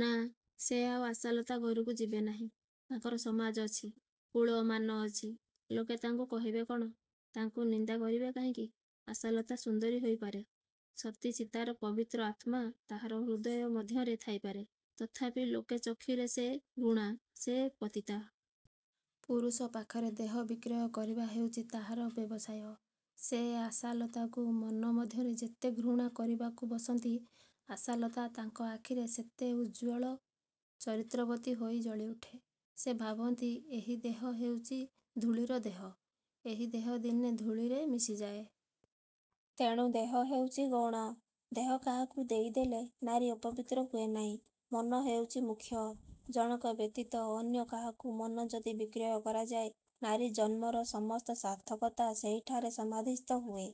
ନା, ସେ ଆଉ ଆଶାଲତା ଘରକୁ ଯିବେନାହିଁ। ତାଙ୍କର ସମାଜ ଅଛି, କୁଳ, ମାନ ଅଛି-। ଲୋକେ ତାଙ୍କୁ କହିବେ କ'ଣ? ତାଙ୍କୁ ନିନ୍ଦା କରିବେ ନାହିଁକି? ଆଶାଲତା ସୁନ୍ଦରୀ ହୋଇପାରେ। ସତୀ ସୀତାର ପବିତ୍ର ଆତ୍ମା ତାହାର ହୃଦୟ ମଧ୍ୟରେ ଥାଇପାରେ। ତଥାପି ଲୋକ ଚକ୍ଷୁରେ ସେ ଘୃଣ୍ୟା, ସେ ପତିତା। ପୁରୁଷ ପାଖରେ ଦେହ ବିକ୍ରୟ କରିବା ହେଉଛି ତାହାର ବ୍ୟବସାୟ। ସେ ଆଶାଲତାକୁ ମନ ମଧ୍ୟରେ ଯେତେ ଘୃଣା କରିବାକୁ ବସନ୍ତି ଆଶାଲତା ତାଙ୍କ ଆଖିରେ ସେତେ ଉଜ୍ଜ୍ୱଳ ଚରିତ୍ରବତୀ ହୋଇ ଜଳିଉଠେ। ସେ ଭାବନ୍ତି ଏହି ଦେହ ହେଉଛି ଧୂଳିର ଦେହ। ଏହି ଦେହ ଦିନେ ଧୂଳିରେ ମିଶିଯାଏ-। ତେଣୁ ଦେହ ହେଉଛି ଗୌଣ। ଦେହ କାହାକୁ ଦେଇଦେଲେ ନାରୀ ଅପବିତ୍ର ହୁଏ ନାହିଁ, ମନ ହେଉଛି ମୁଖ୍ୟ। ଜଣକ ବ୍ୟତୀତ ଅନ୍ୟ କାହାକୁ ମନ ଯଦି ବିକ୍ରୟ କରାଯାଏ ନାରୀ ଜନ୍ମର ସମସ୍ତ ସାର୍ଥକତା ସେହିଠାରେ ସମାଧିସ୍ଥ ହୁଏ।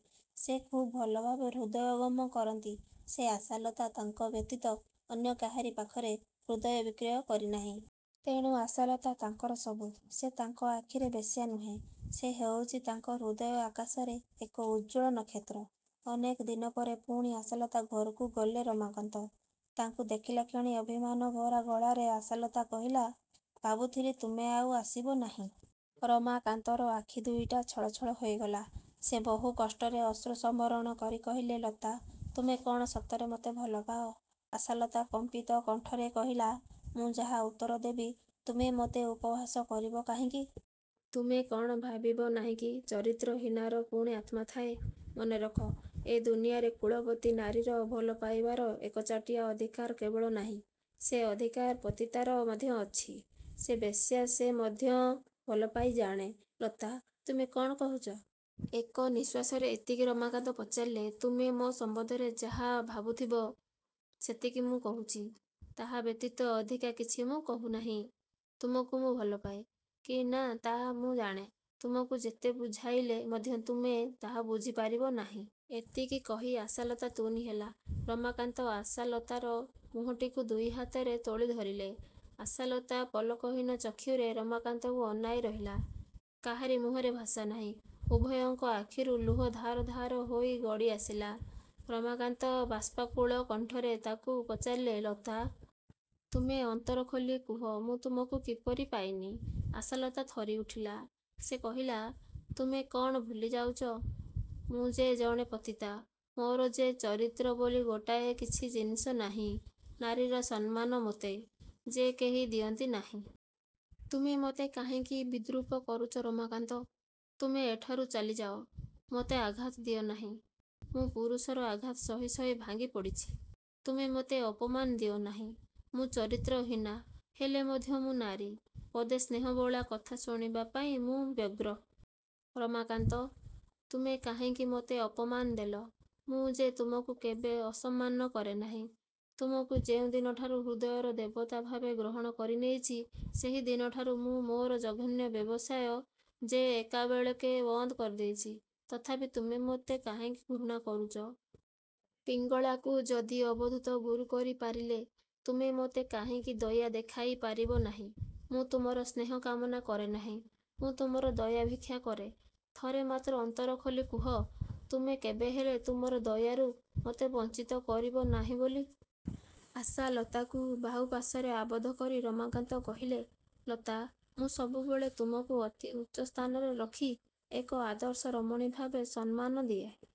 ସେ ଖୁବ୍ ଭଲଭାବେ ହୃଦୟଙ୍ଗମ କରନ୍ତି ଯେ ଆଶାଲତା ତାଙ୍କ ବ୍ୟତୀତ ଅନ୍ୟ କାହାରି ପାଖରେ ହୃଦୟ ବିକ୍ରୟ କରିନାହିଁ। ତେଣୁ ଆଶାଲତା ତାଙ୍କର ସବୁ-। ସେ ତାଙ୍କ ଆଖିରେ ବେଶ୍ୟା ନୁହେଁ। ସେ ହେଉଛି ତାଙ୍କ ହୃଦୟ ଆକାଶରେ ଏକ ଉଜ୍ଜ୍ୱଳ ନକ୍ଷତ୍ର-। ଅନେକ ଦିନପରେ ପୁଣି ଆଶାଲତା ଘରକୁ ଗଲେ ରମାକାନ୍ତ। ତାଙ୍କୁ ଦେଖିଲାକ୍ଷଣି ଅଭିମାନଭରା ଗଳାରେ ଆଶାଲତା କହିଲା, ''ଭାବିଥିଲି ତୁମେ ଆଉ ଆସିବ ନାହିଁ। '' ରମାକାନ୍ତର ଆଖି ଦୁଇଟା ଛଳଛଳ ହୋଇଗଲା। ସେ ବହୁ କଷ୍ଟରେ ଅଶ୍ରୁ ସମ୍ବରଣ କରି କହିଲେ, ''ଲତା! ତୁମେ କ'ଣ ସତରେ ମୋତେ ଭଲପାଅ? '' ଆଶାଲତା କମ୍ପିତ କଣ୍ଠରେ କହିଲା, ''ମୁଁ ଯାହା ଉତ୍ତର ଦେବି ତୁମେ ମୋତେ ଉପହାସ କରିବ ନାହିଁକି? ତୁମେ କ'ଣ ଭାବିବ ନାହିଁକି ଚରିତ୍ରହୀନାର ପୁଣି ଆତ୍ମା ଥାଏ? ମନେରଖ, ଏ ଦୁନିଆରେ କୁଳବତୀ ନାରୀର ଭଲ ପାଇବାର ଏକଚାଟିଆ ଅଧିକାର କେବଳ ନାହିଁ। ସେ ଅଧିକାର ପତିତାର ମଧ୍ୟ ଅଛି। ଯେ ବେଶ୍ୟା ସେ ମଧ୍ୟ ଭଲପାଇ ଜାଣେ। '' ''ଲତା! ତୁମେ କ'ଣ କହୁଛ? '' ଏକ ନିଶ୍ୱାସରେ ଏତିକି ରମାକାନ୍ତ ପଚାରିଲେ। ''ତୁମେ ମୋ ସମ୍ବନ୍ଧରେ ଯାହା ଭାବୁଥିବ ସେତିକି ମୁଁ କହୁଛି। ତାହା ବ୍ୟତୀତ ଅଧିକା କିଛି ମୁଁ କହୁନାହିଁ। ତୁମକୁ ମୁଁ ଭଲପାଏ କି ନା ତାହା ମୁଁ ଜାଣେ। ତୁମକୁ ଯେତେ ବୁଝାଇଲେ ମଧ୍ୟ ତୁମେ ତାହା ବୁଝିପାରିବ ନାହିଁ। ଏତିକି କହି ଆଶାଲତା ତୁନି ହେଲା। ରମାକାନ୍ତ ଆଶାଲତାର ମୁହଁଟିକୁ ଦୁଇହାତରେ ତୋଳି ଧରିଲେ। ଆଶାଲତା ପଲକହୀନ ଚକ୍ଷୁରେ ରମାକାନ୍ତକୁ ଅନାଇ ରହିଲା। କାହାରି ମୁହଁରେ ଭାଷା ନାହିଁ। ଉଭୟଙ୍କ ଆଖିରୁ ଲୁହ ଧାର ଧାର ହୋଇ ଗଡ଼ିଆସିଲା। ରମାକାନ୍ତ ବାଷ୍ପାକୁଳ କଣ୍ଠରେ ତାକୁ ପଚାରିଲେ, ''ଲତା! ତୁମେ ଅନ୍ତର ଖୋଲି କୁହ ମୁଁ ତୁମକୁ କିପରି ପାଇନି? '' ଆଶାଲତା ଥରିଉଠିଲା। ସେ କହିଲା, ''ତୁମେ କ'ଣ ଭୁଲିଯାଉଛ, ମୁଁ ଯେ ଜଣେ ପତିତା। ମୋର ଯେ ଚରିତ୍ର ବୋଲି ଗୋଟାଏ କିଛି ଜିନିଷ ନାହିଁ। ନାରୀର ସମ୍ମାନ ମୋତେ। ଯେ କେହି ଦିଅନ୍ତି ନାହିଁ। ତୁମେ ମୋତେ କାହିଁକି ବିଦ୍ରୂପ କରୁଛ ରମାକାନ୍ତ? ତୁମେ ଏଠାରୁ ଚାଲିଯାଅ-। ମୋତେ ଆଘାତ ଦିଅନାହିଁ। ମୁଁ ପୁରୁଷର ଆଘାତ ସହି ସହି ଭାଙ୍ଗିପଡ଼ିଛି। ତୁମେ ମୋତେ ଅପମାନ ଦିଅନାହିଁ। ମୁଁ ଚରିତ୍ରହୀନା ହେଲେ ମଧ୍ୟ ମୁଁ ନାରୀ। ପଦେ ସ୍ନେହବୋଳା କଥା ଶୁଣିବା ପାଇଁ ମୁଁ ବ୍ୟଗ୍ର। ରମାକାନ୍ତ! ତୁମେ କାହିଁକି ମୋତେ ଅପମାନ ଦେଲ? ମୁଁ ଯେ ତୁମକୁ କେବେ ଅସମ୍ମାନ କରେ ନାହିଁ। ତୁମକୁ ଯେଉଁ ଦିନଠାରୁ ହୃଦୟର ଦେବତା ଭାବେ ଗ୍ରହଣ କରିନେଇଛି ସେହିଦିନଠାରୁ ମୁଁ ମୋର ଜଘନ୍ୟ ବ୍ୟବସାୟ ଯେ ଏକାବେଳକେ ବନ୍ଦ କରିଦେଇଛି। ତଥାପି ତୁମେ ମୋତେ କାହିଁକି ଘୃଣା କରୁଛ? ପିଙ୍ଗଳାକୁ ଯଦି ଅବଧୂତ ଗୁରୁ କରିପାରିଲେ, ତୁମେ ମୋତେ କାହିଁକି ଦୟା ଦେଖାଇପାରିବ ନାହିଁ? ମୁଁ ତୁମର ସ୍ନେହ କାମନା କରେ ନାହିଁ। ମୁଁ ତୁମର ଦୟା ଭିକ୍ଷା କରେ। ଥରେ ମାତ୍ର ଅନ୍ତରଖୋଲି କୁହ, ତୁମେ କେବେହେଲେ ତୁମର ଦୟାରୁ ମୋତେ ବଞ୍ଚିତ କରିବ ନାହିଁ ବୋଲି। ଆଶାଲତାକୁ ବାହୁପାଶରେ ଆବଦ୍ଧକରି ରମାକାନ୍ତ କହିଲେ, ''ଲତା! ମୁଁ ସବୁବେଳେ ତୁମକୁ ଅତି ଉଚ୍ଚ ସ୍ଥାନରେ ରଖି ଏକ ଆଦର୍ଶ ରମଣୀ ଭାବି ସମ୍ମାନ ଦିଏ।